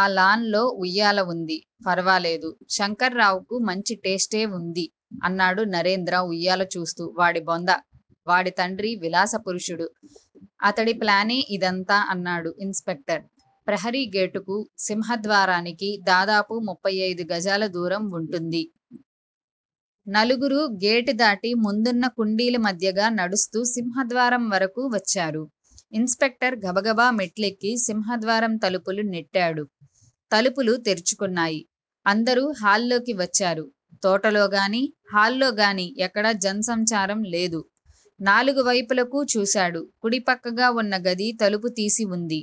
ఆ లాన్ లో ఉయ్యాల ఉంది. ఫర్వాలేదు. శంకర్రావుకు మంచి టేస్టే ఉంది అన్నాడు నరేంద్ర ఉయ్యాల చూస్తూ. వాడి బొంద. వాడి తండ్రి విలాస పురుషుడు. అతడి ప్లానే ఇదంతా అన్నాడు ఇన్స్ స్పెక్టర్. ప్రహరీ గేటుకూ, సింహద్వారానికి దాదాపు ముపై అయిదు గజాల దూరం ఉంటుంది. నలుగురూ గేటు దాటి ముందున్న కుండీల మధ్యగా నడుస్తూ సింహద్వారం వరకూ వచ్చారు. ఇన్స్ స్పెక్టర్ గబగబా మెట్లెక్కి సింహద్వారం తలుపులు నెట్టాడు. తలుపులు తెరుచుకున్నాయి. అందరూ హాల్లోకి వచ్చారు. తోటలో గానీ, హల్లోగానీ ఎక్కడా జనసంచారం లేదు. నాలుగు వైపులకూ చూశాడు. కుడి పక్కగా ఉన్న గది తలుపు తీసి ఉంది.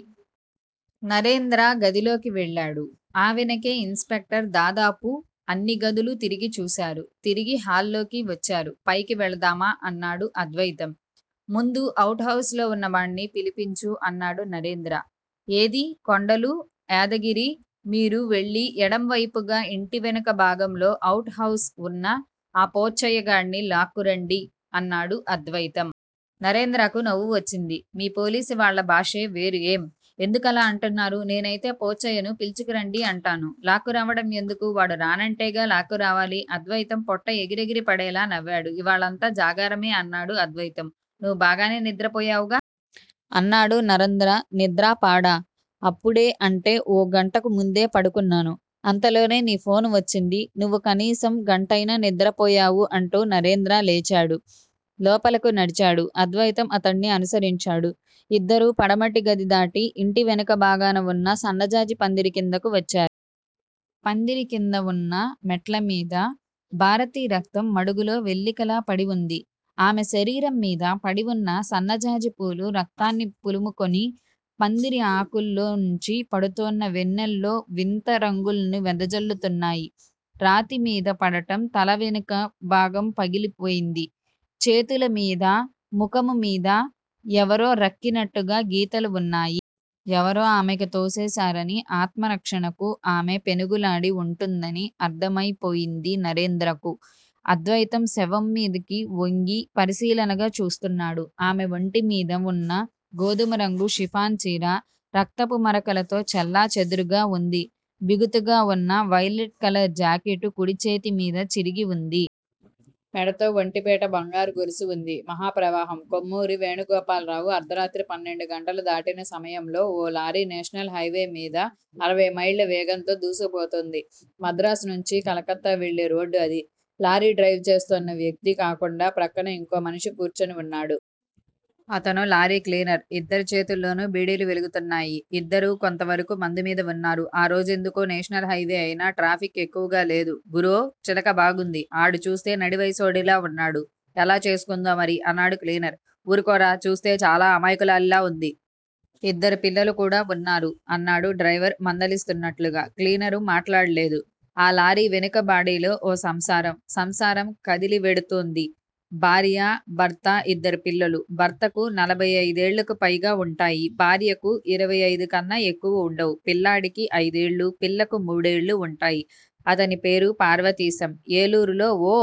నరేంద్ర గదిలోకి వెళ్ళాడు. ఆ వెనకే ఇన్స్ స్పెక్టర్ దాదాపు అన్ని గదులూ తిరిగి చూశారు. తిరిగి హాల్లోకి వచ్చారు. పైకి వెళ్దామా? అన్నాడు అద్వయితం. ముందు అవుట్ హౌస్ లో ఉన్న వాడ్ని పిలిపించు అన్నాడు నరేంద్ర. ఏది కొండలూ, యాదగిరి మీరు వెళ్ళి ఎడం వైపుగా ఇంటి వెనక భాగంలో అవుట్ హౌస్ ఉన్న ఆ పోచ్చయ్య గాడ్ని లాక్కురండీ అన్నాడు అద్వయితం. నరేంద్రకు నవ్వు వచ్చింది. మీ పోలీసు వాళ్ళ భాషే వేరు ఏం? ఎందుకలా అంటున్నారు? నేనైతే పోచ్చయ్యను పిల్చుకు రండి అంటాను. లాక్కురావడం ఎందుకూ? వాడు రానంటేగా లాక్కురావాలి. అద్వయితం పొట్ట ఎగిరెగిరి పడేలా నవ్వాడు. ఇవ్వాళంతా జాగారమే అన్నాడు అద్వయితం. నువ్వు బాగానే నిద్రపోయావుగా? అన్నాడు నరంద్ర. నిద్రా పాడా? అప్పుడే, అంటే ఓ గంటకు ముందే పడుకున్నాను. అంతలోనే నీ ఫోన్ వచ్చింది. నువ్వు కనీసం గంటయినా నిద్రపోయావు అంటూ నరేంద్ర లేచాడు. లోపలకు నడిచాడు. అద్వయితం అతడ్ని అనుసరించాడు. ఇద్దరూ పడమటి గది దాటి ఇంటి వెనక భాగాన ఉన్న సన్నజాజి పందిరి కిందకు వచ్చారు. పందిరి కింద ఉన్న మెట్లమీద భారతి రక్తం మడుగులో వెల్లికిలా పడి ఉంది. ఆమె శరీరం మీద పడి ఉన్న సన్నజాజిపూలు రక్తాన్ని పులుముకొని, పందిరి ఆకుల్లో నుంచి పడ్తోన్న వెన్నెల్లో వింత రంగుల్ను వెదజల్లుతున్నాయి. రాతిమీద పడటం తల వెనక భాగం పగిలిపోయింది. చేతుల మీదా, ముఖం మీదా ఎవరో రక్కినట్టుగా గీతలు ఉన్నాయి. ఎవరో ఆమెకు తోసేశారనీ, ఆత్మరక్షణకు ఆమె పెనుగులాడి ఉంటుందని అర్థం అయిపోయింది నరేంద్రకు. అద్వయితం శవం మీదకు వంగి పరిశీలనగా చూస్తున్నాడు. ఆమె వంటి మీద ఉన్నా గోధుమరంగు షిపాన్ చీర, రక్తపు మరకలతో చెల్లాచెదరుగా ఉంది. బిగుతుగా ఉన్నావైలెట్ కలర్ జాకెట్ కుడి చేతి మీద చిరిగి ఉంది. మెడతో ఒంటిపేట బంగారు గొలుసు ఉంది. మహాప్రవాహం -కొమ్మూరి వేణుగోపాలరావు అర్థరాత్రి పన్నెండు గంటలు దాటిన సమయంలో ఓ లారీ నేషనల్ హైవేమిద అరవైమైళ్ళ వేగంతో దూసుకుపోతోంది. మద్రాసు నుంచి కలకత్తా వెళ్ళే రోడ్డు అది. లారీ డ్రైవ్ చేస్తోన్న వ్యక్తి కాకుండా ప్రక్కన ఇంకో మనిషి కూర్చుని ఉన్నాడు. అతను లారీ క్లీనర్. ఇద్దరి చేతుల్లోనూ బీడీలు వెలుగుతున్నాయి ఇద్దరూ కొంతవరకూ మందుమిద ఉన్నారు. ఆ రోజెందుకో నేషనల్ హైవే అయినా ట్రాఫిక్ ఎక్కువగా లేదు. గురో! చిలక బాగుంది. ఆడుచూ స్తే నడివయసోడులా ఉన్నాడు. ఎలా చేసుకుందో మరి. అన్నాడు క్లీనర్. ఊరుకోరా! చూస్తే చాలా అమాయకులాలిలా ఉంది. యిద్దరు పిల్లలుకూడా ఉన్నారు. అన్నాడు డ్రైవరు మందలిస్తూన్నట్లుగా. క్లీనర్ మాట్లాడలేదు. ఆ లారీ వెనుక బాడిలో ఓ సంసారం, సంసారం కదిలివెడుతోంది. భార్యా, భర్త, ఇద్దరు పిల్లలు. భర్తకు నలభై అయిదేళ్ళకు పైగా వుంటాయి. భార్యకు ఇరవై అయిదుకన్నాఎక్కువ ఉండవు. పిల్లాడికి అయిదేళ్ళు, పిల్లకు మూడేళ్ళు ఉంటాయి. అతని పేరుపార్వతీశం. ఏలూరులో ఓ